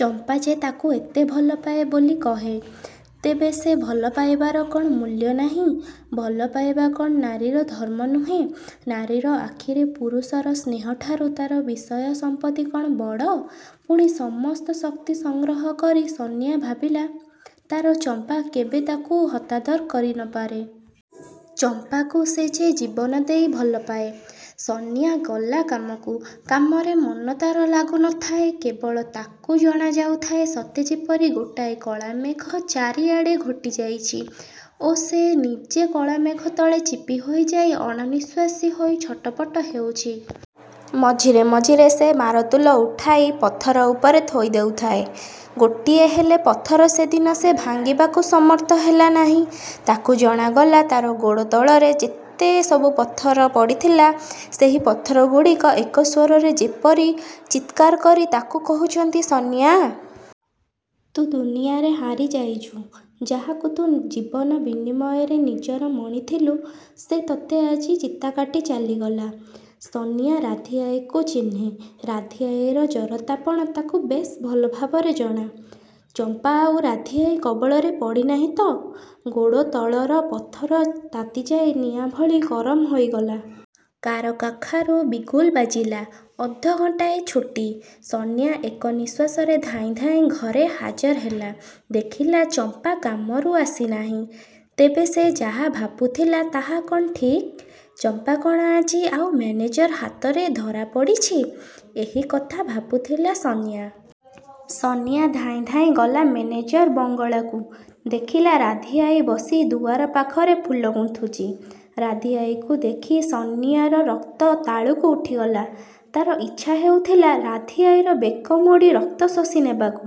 ଚମ୍ପା ଯେ ତାକୁ ଏତେ ଭଲପାଏ ବୋଲି କହେ, ତେବେ ସେ ଭଲ ପାଇବାର କ'ଣ ମୂଲ୍ୟ ନାହିଁ? ଭଲ ପାଇବା କ'ଣ ନାରୀର ଧର୍ମ ନୁହେଁ? ନାରୀର ଆଖିରେ ପୁରୁଷର ସ୍ନେହଠାରୁ ତା'ର ବିଷୟ ସମ୍ପତ୍ତି କ'ଣ ବଡ଼? ପୁଣି ସମସ୍ତ ଶକ୍ତି ସଂଗ୍ରହ କରି ସନିଆ ଭାବିଲା, ''ତା'ର ଚମ୍ପା କେବେ ତାକୁ ହତାଦର କରିନପାରେ। ଚମ୍ପାକୁ ଯେ ସେ ଜୀବନଦେଇ ଭଲପାଏ। '' ସନିଆ ଗଲା କାମକୁ। କାମରେ ମନ ତା'ର ଲାଗୁ ନ ଥାଏ। କେବଳ ତାକୁ ଜଣା ଯାଉଥାଏ ସତେଯେପରି ଗୋଟାଏ କଳାମେଘ ଚାରିଆଡ଼େ ଘୋଟିଯାଇଛି ଓ ସେ ନିଜେ କଳାମେଘ ତଳେ ଚିପି ହୋଇଯାଇ ଅଣନିଶ୍ୱାସୀ ହୋଇ ଛଟପଟ ହେଉଛି। ମଝିରେ ମଝିରେ ସେ ମାରତୁଲ ଉଠାଇ ପଥର ଉପରେ ଥୋଇ ଦେଉଥାଏ। ଗୋଟିଏହେଲେ ପଥର ସେଦିନ ସେ ଭାଙ୍ଗିବାକୁ ସମର୍ଥ ହେଲା ନାହିଁ। ତାକୁ ଜଣାଗଲା ତା'ର ଗୋଡ଼ତଳରେ ଯେତେସବୁ ପଥର ପଡ଼ିଥିଲା ସେହି ପଥରଗୁଡ଼ିକ ଏକ ସ୍ୱରରେ ଯେପରି ଚିତ୍କାରକରି ତାକୁ କହୁଛନ୍ତି, ''ସନିଆ! ତୁ ଦୁନିଆରେ ହାରିଯାଇଛୁ। ଯାହାକୁ ତୁ ଜୀବନ ବିନିମୟରେ ନିଜର ମଣିଥିଲୁ, ସେ ତୋତେ ଆଜି ଚିତାକାଟି ଚାଲିଗଲା। '' ସନିଆ ରାଧୀଆଈକୁ ଚିହ୍ନେ। ରାଧୀଆଈର ଜରତାପଣ ତାକୁ ବେଶ୍ ଭଲଭାବରେ ଜଣା। ଚମ୍ପା ଆଉ ରାଧୀଆଈ କବଳରେ ପଡ଼ିନାହିଁ ତ? ଗୋଡ଼ ତଳର ପଥର ତାତିଯାଇ ନିଆଁଭଳି ଗରମ ହୋଇଗଲା। କାରକାଖାରୁ ବିଗୁଲ ବାଜିଲା। ଅଧ ଘଣ୍ଟାଏ ଛୁଟି। ସନିଆ ଏକ ନିଶ୍ୱାସରେ ଧାଇଁ ଧାଇଁ ଘରେ ହାଜର ହେଲା। ଦେଖିଲା ଚମ୍ପା କାମରୁ ଆସିନାହିଁ। ତେବେ ସେ ଯାହା ଭାବୁଥିଲା ତାହା କ'ଣ ଠିକ୍? ଚମ୍ପା କ'ଣ ଆଜି ଆଉ ମେନେଜର ହାତରେ ଧରାପଡ଼ିଛି? ଏହି କଥା ଭାବୁଥିଲା ସନିଆ। ସନିଆ ଧାଇଁ ଧାଇଁ ଗଲା ମେନେଜର ବଙ୍ଗଳାକୁ। ଦେଖିଲା ରାଧୀଆଈ ବସି ଦୁଆର ପାଖରେ ଫୁଲ ଗୁନ୍ଥୁଛି। ରାଧୀଆଈକୁ ଦେଖି ସନିଆର ରକ୍ତ ତାଳୁକୁ ଉଠିଗଲା। ତା'ର ଇଚ୍ଛା ହେଉଥିଲା ରାଧୀଆଈର ବେକ ମୋଡ଼ି ରକ୍ତ ଶୋଷି ନେବାକୁ।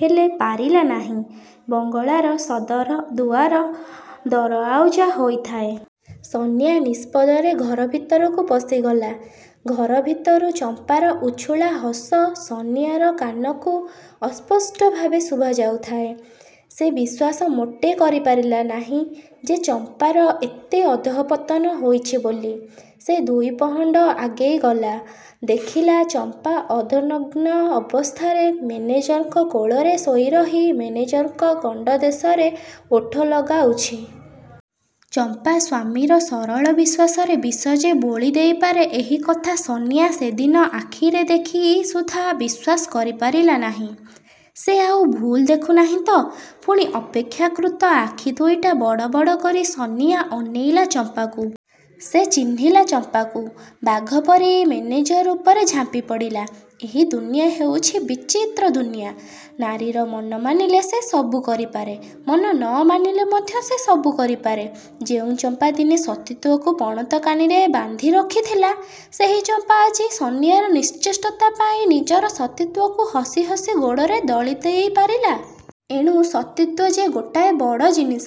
ହେଲେ ପାରିଲା ନାହିଁ। ବଙ୍ଗଳାର ସଦର ଦୁଆର ଦରଆଉଜା ହୋଇଥାଏ। ସନିଆ ନିଶବ୍ଦରେ ଘର ଭିତରକୁ ପଶିଗଲା। ଘର ଭିତରୁ ଚମ୍ପାର ଉଛୁଳା ହସ ସନିଆର କାନକୁ ଅସ୍ପଷ୍ଟ ଭାବେ ଶୁଭାଯାଉଥାଏ। ସେ ବିଶ୍ୱାସ ମୋଟେ କରିପାରିଲା ନାହିଁ ଯେ ଚମ୍ପାର ଏତେ ଅଧଃପତନ ହୋଇଛି ବୋଲି। ସେ ଦୁଇ ପହଣ୍ଡ ଆଗେଇଗଲା। ଦେଖିଲା ଚମ୍ପା ଅର୍ଦ୍ଧନଗ୍ନ ଅବସ୍ଥାରେ ମେନେଜରଙ୍କ କୋଳରେ ଶୋଇରହି ମେନେଜରଙ୍କ ଗଣ୍ଡଦେଶରେ ଓଠ ଲଗାଉଛି। ଚମ୍ପା ସ୍ୱାମୀର ସରଳ ବିଶ୍ୱାସରେ ବିଷ ଯେ ବୋଳି ଦେଇପାରେ ଏହି କଥା ସନିଆ ସେଦିନ ଆଖିରେ ଦେଖି ସୁଦ୍ଧା ବିଶ୍ୱାସ କରିପାରିଲା ନାହିଁ। ସେ ଆଉ ଭୁଲ ଦେଖୁନାହିଁ ତ? ପୁଣି ଅପେକ୍ଷାକୃତ ଆଖି ଦୁଇଟା ବଡ଼ ବଡ଼ କରି ସନିଆ ଅନେଇଲା ଚମ୍ପାକୁ। ସେ ଚିହ୍ନିଲା ଚମ୍ପାକୁ। ବାଘପରି ମେନେଜର ଉପରେ ଝାମ୍ପିପଡ଼ିଲା। ଏହି ଦୁନିଆ ହେଉଛି ବିଚିତ୍ର ଦୁନିଆ। ନାରୀର ମନ ମାନିଲେ ସେ ସବୁ କରିପାରେ। ମନ ନ ମାନିଲେ ମଧ୍ୟ ସେ ସବୁ କରିପାରେ। ଯେଉଁ ଚମ୍ପା ଦିନେ ସତୀତ୍ୱକୁ ପଣତକାନିରେ ବାନ୍ଧିରଖିଥିଲା, ସେହି ଚମ୍ପା ଆଜି ସନିଆର ନିଶ୍ଚେଷ୍ଟତା ପାଇଁ ନିଜର ସତୀତ୍ଵକୁ ହସି ହସି ଗୋଡ଼ରେ ଦଳି ଦେଇ ପାରିଲା। ଏଣୁ ସତୀତ୍ଵ ଯେ ଗୋଟାଏ ବଡ଼ ଜିନିଷ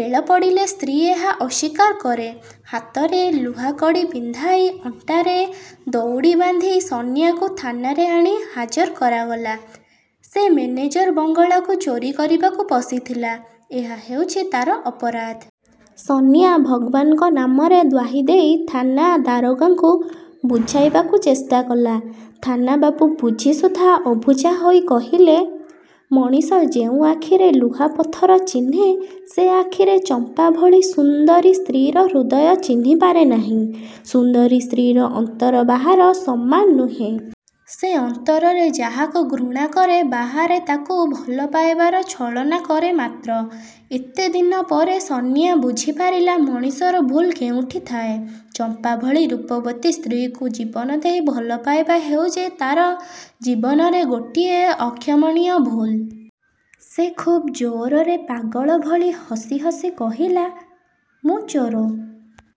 ବେଳ ପଡ଼ିଲେ ସ୍ତ୍ରୀ ଏହା ଅସ୍ୱୀକାର କରେ। ହାତରେ ଲୁହାକଡ଼ି ପିନ୍ଧାଇ, ଅଣ୍ଟାରେ ଦଉଡ଼ି ବାନ୍ଧି ସନିଆକୁ ଥାନାରେ ଆଣି ହାଜର କରାଗଲା। ସେ ମେନେଜର ବଙ୍ଗଳାକୁ ଚୋରୀ କରିବାକୁ ପଶିଥିଲା, ଏହା ହେଉଛି ତା'ର ଅପରାଧ। ସନିଆ ଭଗବାନଙ୍କ ନାମରେ ଦ୍ୱାହିଦେଇ ଥାନା ଦାରୋଗାଙ୍କୁ ବୁଝାଇବାକୁ ଚେଷ୍ଟା କଲା-। ଥାନାବାବୁ ବୁଝି ସୁଦ୍ଧା ଅବୁଝା ହୋଇ କହିଲେ, ''ମଣିଷ ଯେଉଁ ଆଖିରେ ଲୁହା ପଥର ଚିହ୍ନେ ସେ ଆଖିରେ ଚମ୍ପା ଭଳି ସୁନ୍ଦରୀ ସ୍ତ୍ରୀର ହୃଦୟ ଚିହ୍ନି ପାରେନାହିଁ। ସୁନ୍ଦରୀ ସ୍ତ୍ରୀର ଅନ୍ତର ବାହାର ସମାନ ନୁହେଁ। ସେ ଅନ୍ତରରେ ଯାହାକୁ ଘୃଣାକରେ ବାହାରେ ତାକୁ ଭଲ ପାଇବାର ଛଳନାକରେ ମାତ୍ର। '' ଏତେ ଦିନ ପରେ ସନିଆ ବୁଝିପାରିଲା ମଣିଷର ଭୁଲ କେଉଁଠି ଥାଏ। ଚମ୍ପା ଭଳି ରୂପବତୀ ସ୍ତ୍ରୀକୁ ଜୀବନଦେଇ ଭଲ ପାଇବା ହେଉଛି ତା'ର ଜୀବନରେ ଗୋଟିଏ ଅକ୍ଷମଣୀୟ ଭୁଲ-। ସେ ଖୁବ୍ ଜୋରରେ ପାଗଳ ଭଳି ହସି ହସି କହିଲା, ''ମୁଁ ଚୋର।